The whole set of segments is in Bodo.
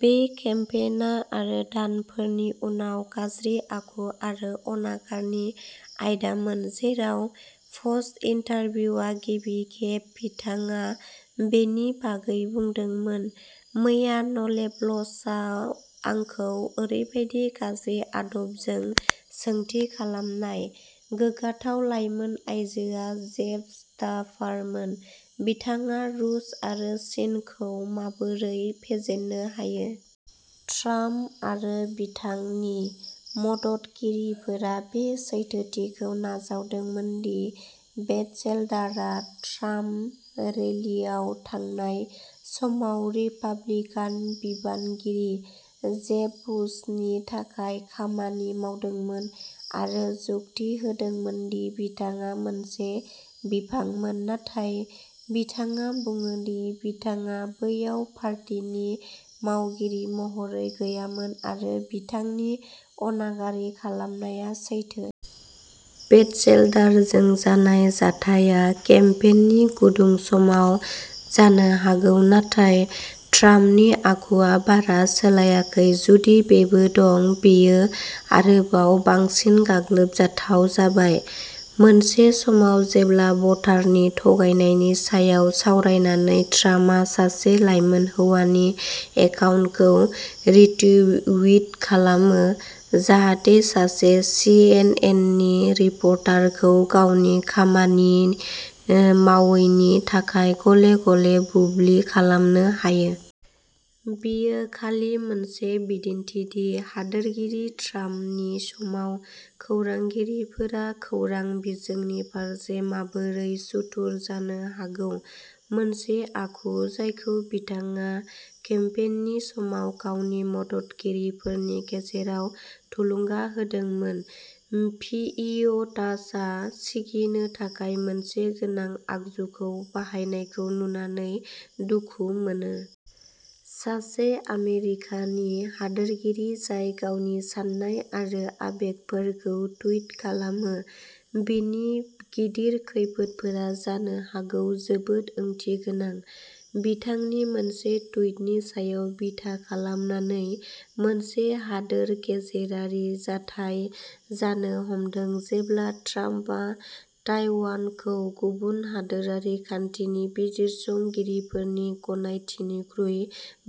बे केम्पेइनआ, आरो दानफोरनि उनाव गाज्रि आखु आरो अनागारनि आयदामोन, जेराव प'स्ट इन्टारभिउआ गिबि खेब बिथाङा बेनि बागै बुंदोंमोन। मैया न'लेबलसआव आंखौ ओरैबायदि गाज्रि आदबजों सोंथि खालामनाय गोग्गाथाव लाइमोन आइजोआ जेब स्टाफारमोन। बिथाङा रुस आरो चीनखौ माबोरै फेजेननो हायो? ट्राम्प आरो बिथांनि मददगिरिफोरा बे सैथोथिखौ नाजावदोंमोन दि बेटचेल्डारआ ट्राम्प रैलीआव थांनाय समाव रिपाब्लिकान बिबानगिरि जेब बुशनि थाखाय खामानि मावदोंमोन, आरो जुक्ति होदोंमोन दि बिथाङा मोनसे बिफांमोन। नाथाय बिथाङा बुङो दि बिथाङा बैयाव पार्टीनि मावगिरि महरै गैयामोन, आरो बिथांनि अनागारि खालामनाया सैथो। बेटचेल्डारजों जानाय जाथायआ केम्पेइननि गुदुं समाव जानो हागौ, नाथाय ट्राम्पनि आखुआ बारा सोलायाखै। जुदि बेबो दं, बेयो आरोबाव बांसिन गाग्लोबजाथाव जाबाय। मोनसे समाव, जेब्ला भटारनि थगायनायनि सायाव सावरायनानै ट्राम्पआ सासे लाइमोन हौवानि एकाउन्टखौ रिट्वीट खालामो, जाहाथे सासे सिएनएननि रिपर्टारखौ गावनि खामानि मावैनि थाखाय गले गले बुब्लि खालामनो हायो। बेयो खालि मोनसे बिदिन्थि दि हादोरगिरि ट्राम्पनि समाव खौरांगिरिफोरा खौरां बिजोंनि फारसे माबोरै सुथुर जानो हागौ, मोनसे आखु जायखौ बिथाङा केम्पेइननि समाव गावनि मददगिरिफोरनि गेजेराव थुलुंगा होदोंमोन। पिइअ'टासआ सिगिनो थाखाय मोनसे गोनां आगजुखौ बाहायनायखौ नुनानै दुखु मोनो। सासे आमेरिकानि हादोरगिरि जाय गावनि साननाय आरो आबेगफोरखौ टुइट खालामो, बिनि गिदिर खैफोदफोरा जानो हागौ जोबोद ओंथिगोनां। बिथांनि मोनसे टुइटनि सायाव बिथा खालामनानै मोनसे हादोर गेजेरारि जाथाय जानो हमदों, जेब्ला ट्राम्पआ ताइवानखौ गुबुन हादोरारि खान्थिनि बिजिरसंगिरिफोरनि गनायथिनिख्रुइ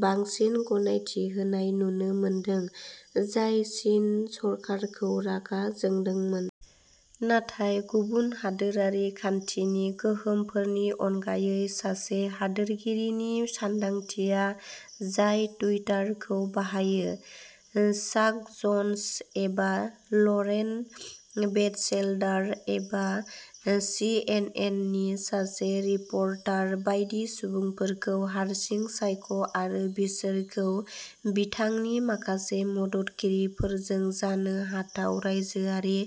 बांसिन गनायथि होनाय नुनो मोनदों, जाय चीन सरकारखौ रागा जोंदोंमोन। नाथाय गुबुन हादोरारि खान्थिनि गोहोमफोरनि अनगायै, सासे हादोरगिरिनि सानदांथिया जाय टुइटारखौ बाहायो। चाक जन्स एबा लरेन बेटचेल्डार एबा सिएनएननि सासे रिपर्टार बायदि सुबुंफोरखौ हारसिं सायख' आरो, बिसोरखौ बिथांनि माखासे मददगिरिफोरजों जानो हाथाव रायजोआरि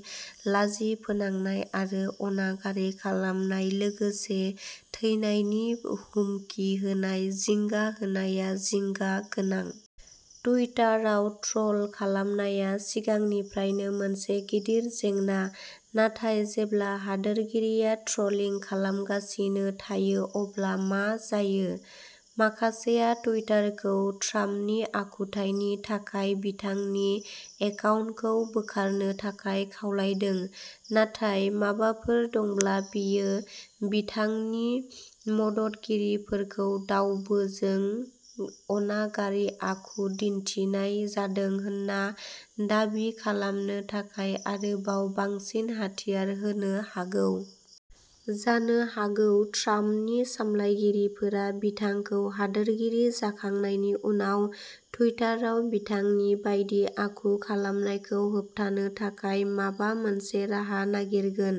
लाजि फोनांनाय आरो अनागारि खालामनाय लोगोसे थैनायनि हुमखि होनाय जिंगा होनाया जिंगा गोनां। टुइटाराव ट्र'ल खालामनाया सिगांनिफ्रायनो मोनसे गिदिर जेंना, नाथाय जेब्ला हादोरगिरिया ट्र'लिं खालामगासिनो थायो अब्ला मा जायो? माखासेया टुइटारखौ ट्राम्पनि आखुथायनि थाखाय बिथांनि एकाउन्टखौ बोखारनो थाखाय खावलायदों, नाथाय माबाफोर दंब्ला, बेयो बिथांनि मददगिरिफोरखौ दावबोजों अनागारि आखु दिन्थिनाय जादों होनना दाबि खालामनो थाखाय आरोबाव बांसिन हाथियार होनो हागौ। जानो हागौ ट्राम्पनि सामलायगिरिफोरा बिथांखौ हादोरगिरि जाखांनायनि उनाव टुइटाराव बिथांनि बायदि आखु खालामनायखौ होबथानो थाखाय माबा मोनसे राहा नागिरगोन।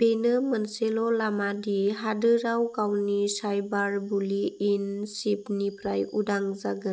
बेनो मोनसेल' लामा दि हादोरआव गावनि साइबारबुलि इन चीफनिफ्राय उदां जागोन।